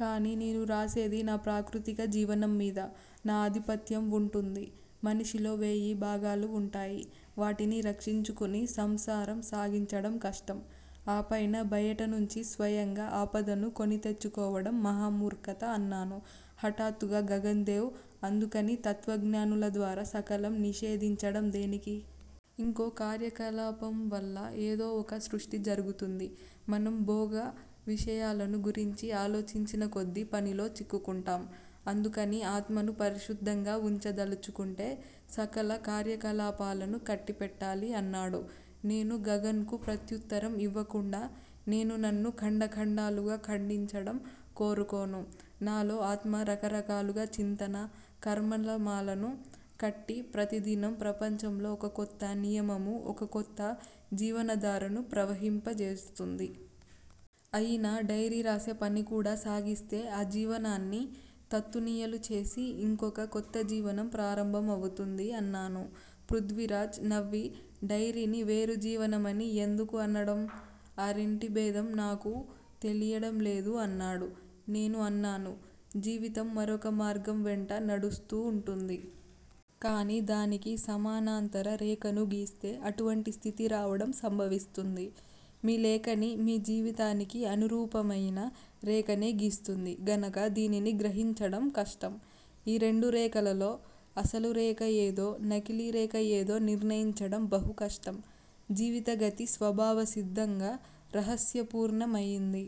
కాని నేను రాసేది నా ప్రాకృతిక జీవనం మీద. నా ఆధిపత్యం వుంటుంది. మనిషిలో వేయి భాగాలు వుంటాయి. వాటిని రక్షించుకుని సంసారం సాగించడం కష్టం. ఆ పైన బయట నుంచి స్వయంగా ఆపదను కొని తెచ్చుకోవడం మహా మూర్ఖత అన్నాను. హఠాత్తుగా గగన్ దేవ్, అందుకని తత్వజ్ఞానుల ద్వారా సకలం నిషేధించడం దేనికి! యింకో కార్యకలాపం వల్ల ఏదో ఒక సృష్టి జరుగుతుంది. మనం భోగ విషయాలను గురించి ఆలోచించినకొద్దీ పనిలో చిక్కుకుంటాం. అందుకని ఆత్మను పరిశుద్దంగా వుంచదలచుకుంటే సకల కార్యకలాపాలను కట్టిపెట్టాలి అన్నాడు. నేను గగన్ కు ప్రత్యుత్తరం ఇవ్వకుండా, నేను నన్ను ఖండఖండాలుగా ఖండిచడం కోరుకోను. నాలో ఆత్మ రకరకాలుగా చింతన, కర్మల మాలను కట్టి ప్రతిదినం ప్రపంచంలో ఒకకొత్త నియమము ఒక కొత్త జీవనధారను ప్రవహింపజేస్తుంది. అయినా డైరీ రాసే పనికూడా సాగిస్తే ఆ జీవనాన్ని తత్తునియలు చేసి యింకొక కొత్త జీవనం ప్రారంభమవుతుంది అన్నాను. పృద్వీరాజ్ నవ్వి డైరీని వేరు జీవనమని యెందుకు అనడం? ఆ రెంటి భేదం నాకూ తెలియడం లేదు అన్నాడు. నేను అన్నాను, జీవితం మరొక మార్గం వెంట నడుస్తూంటుంది. కాని దానికి సమానాంతర రేఖను గీస్తే అటువంటి స్థితి రావడం సంభవిస్తుంది. మీ లేఖని మీ జీవితానికి అనురూపమయిన రేఖనే గీస్తుంది గనక దీనిని గ్రహించడం కష్టం ఈ రెండు రేఖలలో అసలు రేఖ యేదో, నకిలీ రేఖ యేదో నిర్ణయించడం బహు కష్టం. జీవితగతి స్వబావ సిద్దంగా రహస్యపూర్ణమయింది.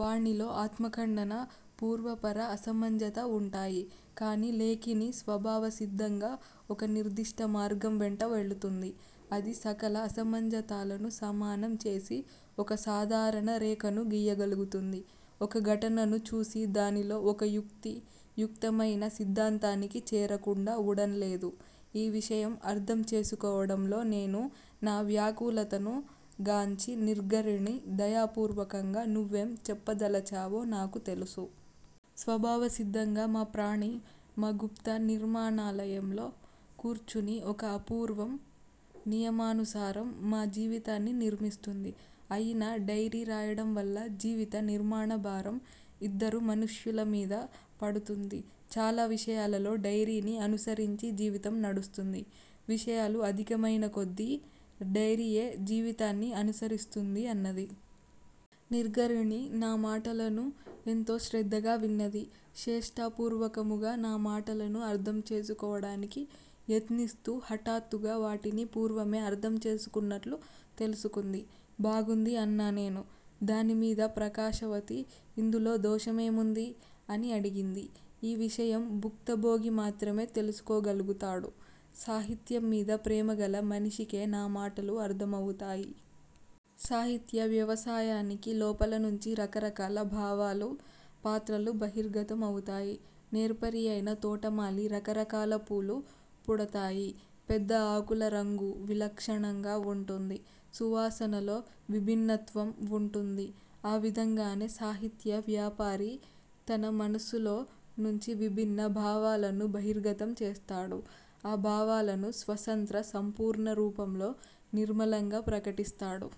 వానిలో ఆత్మఖండన, పూర్వాపర అసమంజత వుంటాయి. కాని లేఖిని స్వబావ సిద్దంగా ఒకనిర్దిష్ట మార్గం వెంట వెళుతుంది. అది సకల అసమంజతాలను సమానం చేసి ఒక సాధారణ రేఖను గీయగలుగుతుంది. ఒక ఘటనను చూసి దానిలో ఒకయుక్తి యుక్తమయిన సిద్దాంతానికి చేరకుండా వుడంలేదు. ఈ విషయం అర్దం చేసుకోవడంలో నేను నా వ్యాకులతను గాంచి నిర్ఘరిణి దయాపూర్వకంగా నువ్వేం చెప్పదలచావో నాకు తెలుసు. స్వభావ సిద్దంగా మా ప్రాణి మా గుప్త నిర్మాణాలయంలో కూర్చుని ఒక అపూర్వం నియమానుసారం మా జీవితాన్ని నిర్మిస్తుంది. అయినా డైరీ రాయడం వల్ల జీవిత నిర్మాణ భారం యిద్దరు మనుష్యుల మీద పడుతుంది. చాలా విషయాలలో డైరీని అనుసరించి జీవితం నడుస్తుంది. విషయాలు అధికమయినకొద్దీ డైరీయే జీవితాన్ని అనుసరిస్తుంది అన్నది. నిర్ఘరిణి నా మాటలను ఎంతో శ్రద్దగా విన్నది. చేష్టాపూర్వకముగా నా మాటలను అర్దం చేసుకోవడానికి యత్నిస్తూ హఠాత్తుగా వాటిని పూర్వమే అర్దం చేసుకున్నట్లు తెలుసుకుంది. బాగుంది అన్నానేను. దానిమీద ప్రకాశవతి, ఇందులో దోషమేముంది? అని అడిగింది. ఈ విషయం భుక్తభోగి మాత్రమే తెలుసుకోగల్గుతాడు. సాహిత్యం మీద ప్రేమగల మనిషికే నా మాటలు అర్దమవుతాయి. సాహిత్య వ్యవసాయానికి లోపలనుంచి రకరకాల భావాలు, పాత్రలు బహిర్గత మవుతాయి. నేర్పరియైన తోటమాలి రకరకాల పూలు పుడతాయి. పెద్ద ఆకుల రంగు విలక్షణంగా వుంటుంది. సువాసనలో విభిన్నత్వం వుంటుంది. ఆ విధంగానే సాహిత్య వ్యాపారి తన మనసులో నుంచి విబిన్న భావాలను బహిర్గతం చేస్తాడు. ఆ భావాలను స్వతంత్ర సంపూర్ణ రూపంలో నిర్మలంగా ప్రకటిస్తాడు.